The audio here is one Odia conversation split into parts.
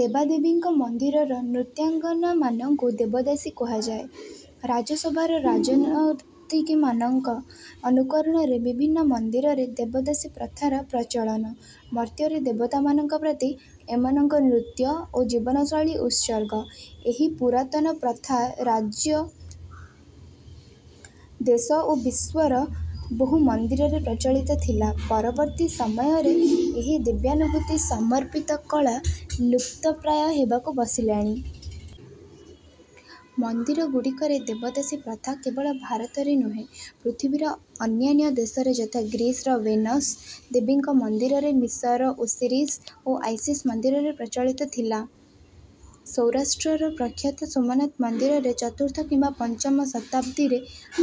ଦେବାଦେବୀଙ୍କ ମନ୍ଦିରର ନୃତ୍ୟାଙ୍ଗନାମାନଙ୍କୁ ଦେବଦାସୀ କୁହାଯାଏ। ରାଜସଭାର ରାଜନର୍ତ୍ତକୀମାନଙ୍କ ଅନୁକରଣରେ ବିଭିନ୍ନ ମନ୍ଦିରରେ ଦେବଦାସୀ ପ୍ରଥାର ପ୍ରଚଳନ। ମର୍ତ୍ତ୍ୟରେ ଦେବତାମାନଙ୍କ ପ୍ରତି ଏମାନଙ୍କ ନୃତ୍ୟ ଓ ଜୀବନଶୈଳୀ ଉତ୍ସର୍ଗ। ଏହି ପୁରାତନ ପ୍ରଥା ରାଜ୍ୟ ଦେଶ ଓ ବିଶ୍ୱର ବହୁ ମନ୍ଦିରରେ ପ୍ରଚଳିତ ଥିଲା। ପରବର୍ତ୍ତୀ ସମୟରେ ଏହି ଦିବ୍ୟାନୁଭୂତି ସମର୍ପିତ କଳା ଲୁପ୍ତପ୍ରାୟ ହେବାକୁ ବସିଲାଣି। ମନ୍ଦିରଗୁଡ଼ିକରେ ଦେବଦାସୀ ପ୍ରଥା କେବଳ ଭାରତରେ ନୁହେଁ ପୃଥିବୀର ଅନ୍ୟାନ୍ୟ ଦେଶରେ ଯଥା ଗ୍ରୀସର ଭେନସ ଦେବୀଙ୍କ ମନ୍ଦିରରେ ମିଶରର ଓସିରିସ ଓ ଆଇସିସ ମନ୍ଦିରରେ ପ୍ରଚଳିତ ଥିଲା। ସୌରାଷ୍ଟ୍ରର ପ୍ରଖ୍ୟାତ ସୋମନାଥ ମନ୍ଦିରରେ ଚତୁର୍ଥ କିମ୍ବା ପଞ୍ଚମ ଶତାବ୍ଦୀରେ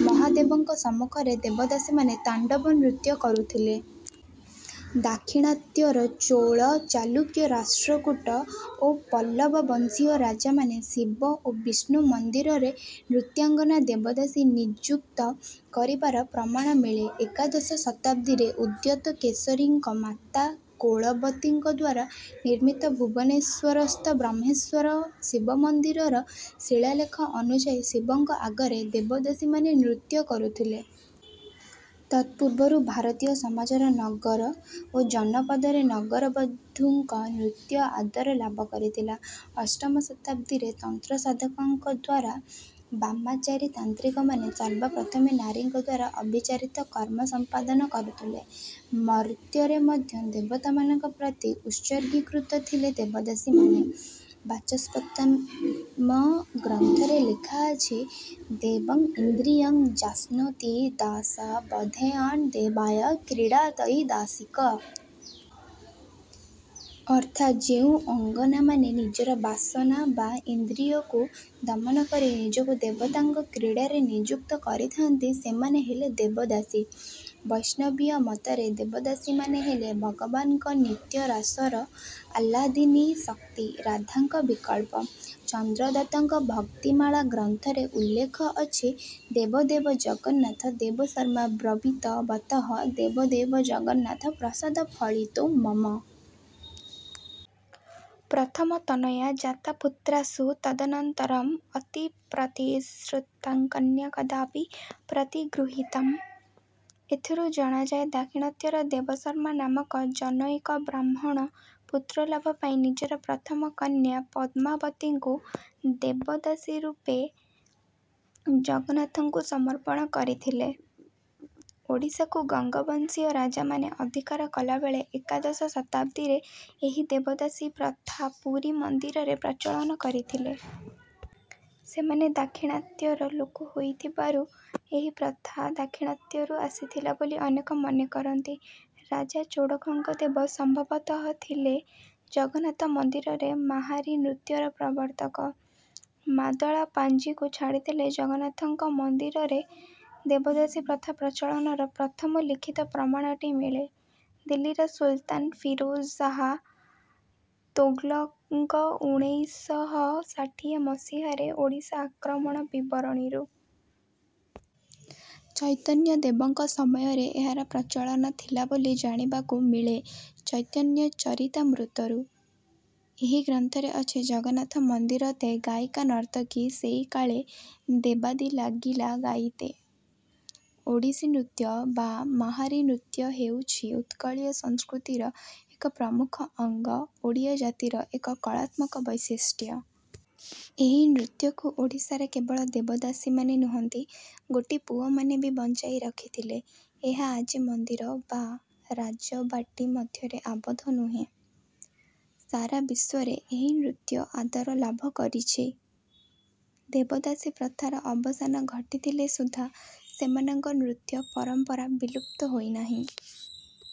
ମହାଦେବଙ୍କ ସମ୍ମୁଖରେ ଦେବଦାସୀମାନେ ତାଣ୍ଡବ ନୃତ୍ୟ କରୁଥିଲେ। ଦାକ୍ଷିଣାତ୍ୟର ଚୋଳ ଚାଲୁକ୍ୟ ରାଷ୍ଟ୍ରକୂଟ ଓ ପଲ୍ଲବ ବଂଶୀୟ ରାଜାମାନେ ଶିବ ଓ ବିଷ୍ଣୁ ମନ୍ଦିରରେ ନୃତ୍ୟାଙ୍ଗନା ଦେବଦାସୀ ନିଯୁକ୍ତ କରିବାର ପ୍ରମାଣ ମିଳେ। ଏକାଦଶ ଶତାବ୍ଦୀରେ ଉଦ୍ୟୋତକେଶରୀଙ୍କ ମାତା କୋଳାବତୀଙ୍କ ଦ୍ୱାରା ନିର୍ମିତ ଭୁବନେଶ୍ୱରସ୍ଥ ବ୍ରହ୍ମେଶ୍ୱର ଶିବମନ୍ଦିରର ଶିଳାଲେଖ ଅନୁଯାୟୀ ଶିବଙ୍କ ଆଗରେ ଦେବଦାସୀମାନେ ନୃତ୍ୟ କରୁଥିଲେ। ତତ୍ପୂର୍ବରୁ ଭାରତୀୟ ସମାଜର ନଗର ଓ ଜନପଦରେ ନଗରବଧୂଙ୍କ ନୃତ୍ୟ ଆଦର ଲାଭ କରିଥିଲା। ଅଷ୍ଟମ ଶତାବ୍ଦୀରେ ତନ୍ତ୍ରସାଧକଙ୍କ ଦ୍ୱାରା ବାମାଚାରୀ ତାନ୍ତ୍ରିକମାନେ ସର୍ବପ୍ରଥମେ ନାରୀଙ୍କ ଦ୍ୱାରା ଅଭିଚାରିତ କର୍ମ ସମ୍ପାଦନ କରୁଥିଲେ। ମର୍ତ୍ତ୍ୟରେ ମଧ୍ୟ ଦେବତାମାନଙ୍କ ପ୍ରତି ଉତ୍ସର୍ଗୀକୃତ ଥିଲେ ଦେବଦାସୀମାନେ। ବାଚସ୍ପତ୍ୟମ ଗ୍ରନ୍ଥରେ ଲେଖାଅଛି ଦେବଂ ଇନ୍ଦ୍ରିୟଂ ଯାସ୍ନୋତି ଦାସ ବଧେୟଣ୍ ଦେବାୟ କ୍ରୀଡ଼ାତୈ ଦାସିକ। ଅର୍ଥାତ୍ ଯେଉଁ ଅଙ୍ଗନାମାନେ ନିଜର ବାସନା ବା ଇନ୍ଦ୍ରିୟକୁ ଦମନ କରି ନିଜକୁ ଦେବତାଙ୍କ କ୍ରୀଡ଼ାରେ ନିଯୁକ୍ତ କରିଥାନ୍ତି ସେମାନେ ହେଲେ ଦେବଦାସୀ। ବୈଷ୍ଣବୀୟ ମତରେ ଦେବଦାସୀମାନେ ହେଲେ ଭଗବାନଙ୍କ ନିତ୍ୟରାସର ଆହ୍ଲାଦିନୀ ଶକ୍ତି ରାଧାଙ୍କ ବିକଳ୍ପ। ଚନ୍ଦ୍ରଦତ୍ତଙ୍କ ଭକ୍ତିମାଳା ଗ୍ରନ୍ଥରେ ଉଲ୍ଲେଖ ଅଛି ଦେବ ଦେବ ଜଗନ୍ନାଥ ଦେବଶର୍ମା ବ୍ରବୀତ ବତଃ ଦେବ ଦେବ ଜଗନ୍ନାଥ ପ୍ରସାଦ ଫଳିତୋ ମମ। ପ୍ରଥମ ତନୟା ଜାତା ପୁତ୍ରାସୁ ତଦନନ୍ତରମ ଅତି ପ୍ରତିଶ୍ରୁତାଂ କନ୍ୟା କଦାପି ପ୍ରତିଗୃହୀତମ। ଏଥିରୁ ଜଣାଯାଏ ଦାକ୍ଷିଣାତ୍ୟର ଦେବଶର୍ମା ନାମକ ଜନୈକ ବ୍ରାହ୍ମଣ ପୁତ୍ରଲାଭ ପାଇଁ ନିଜର ପ୍ରଥମ କନ୍ୟା ପଦ୍ମାବତୀଙ୍କୁ ଦେବଦାସୀ ରୂପେ ଜଗନ୍ନାଥଙ୍କୁ ସମର୍ପଣ କରିଥିଲେ। ଓଡ଼ିଶାକୁ ଗଙ୍ଗବଂଶୀୟ ରାଜାମାନେ ଅଧିକାର କଲାବେଳେ ଏକାଦଶ ଶତାବ୍ଦୀରେ ଏହି ଦେବଦାସୀ ପ୍ରଥା ପୁରୀ ମନ୍ଦିରରେ ପ୍ରଚଳନ କରିଥିଲେ। ସେମାନେ ଦାକ୍ଷିଣାତ୍ୟର ଲୋକ ହୋଇଥିବାରୁ ଏହି ପ୍ରଥା ଦାକ୍ଷିଣାତ୍ୟରୁ ଆସିଥିଲା ବୋଲି ଅନେକ ମନେକରନ୍ତି। ରାଜା ଚୋଡ଼ଗଙ୍ଗଦେବ ସମ୍ଭବତଃ ଥିଲେ ଜଗନ୍ନାଥ ମନ୍ଦିରରେ ମାହାରୀ ନୃତ୍ୟର ପ୍ରବର୍ତ୍ତକ। ମାଦଳା ପାଞ୍ଜିକୁ ଛାଡ଼ିଦେଲେ ଜଗନ୍ନାଥଙ୍କ ମନ୍ଦିରରେ ଦେବଦାସୀ ପ୍ରଥା ପ୍ରଚଳନର ପ୍ରଥମ ଲିଖିତ ପ୍ରମାଣଟି ମିଳେ ଦିଲ୍ଲୀର ସୁଲତାନ ଫିରୋଜ ଶାହ ତୋଗଲକଙ୍କ ଉଣେଇଶ ଶହ ଷାଠିଏ ମସିହାରେ ଓଡ଼ିଶା ଆକ୍ରମଣ ବିବରଣୀରୁ। ଚୈତନ୍ୟଦେବଙ୍କ ସମୟରେ ଏହାର ପ୍ରଚଳନ ଥିଲା ବୋଲି ଜାଣିବାକୁ ମିଳେ ଚୈତନ୍ୟ ଚରିତାମୃତରୁ। ଏହି ଗ୍ରନ୍ଥରେ ଅଛି ଜଗନ୍ନାଥ ମନ୍ଦିରତେ ଗାୟିକା ନର୍ତ୍ତକୀ ସେଇ କାଳେ ଦେବାଦୀ ଲାଗିଲା ଗାଇତେ। ଓଡ଼ିଶୀ ନୃତ୍ୟ ବା ମାହାରୀ ନୃତ୍ୟ ହେଉଛି ଉତ୍କଳୀୟ ସଂସ୍କୃତିର ଏକ ପ୍ରମୁଖ ଅଙ୍ଗ ଓଡ଼ିଆ ଜାତିର ଏକ କଳାତ୍ମକ ବୈଶିଷ୍ଟ୍ୟ। ଏହି ନୃତ୍ୟକୁ ଓଡ଼ିଶାରେ କେବଳ ଦେବଦାସୀମାନେ ନୁହନ୍ତି ଗୋଟିପୁଅମାନେ ବି ବଞ୍ଚାଇ ରଖିଥିଲେ। ଏହା ଆଜି ମନ୍ଦିର ବା ରାଜବାଟୀ ମଧ୍ୟରେ ଆବଦ୍ଧ ନୁହେଁ। ସାରା ବିଶ୍ୱରେ ଏହି ନୃତ୍ୟ ଆଦର ଲାଭ କରିଛି। ଦେବଦାସୀ ପ୍ରଥାର ଅବସାନ ଘଟିଥିଲେ ସୁଦ୍ଧା ସେମାନଙ୍କ ନୃତ୍ୟ ପରମ୍ପରା ବିଲୁପ୍ତ ହୋଇନାହିଁ।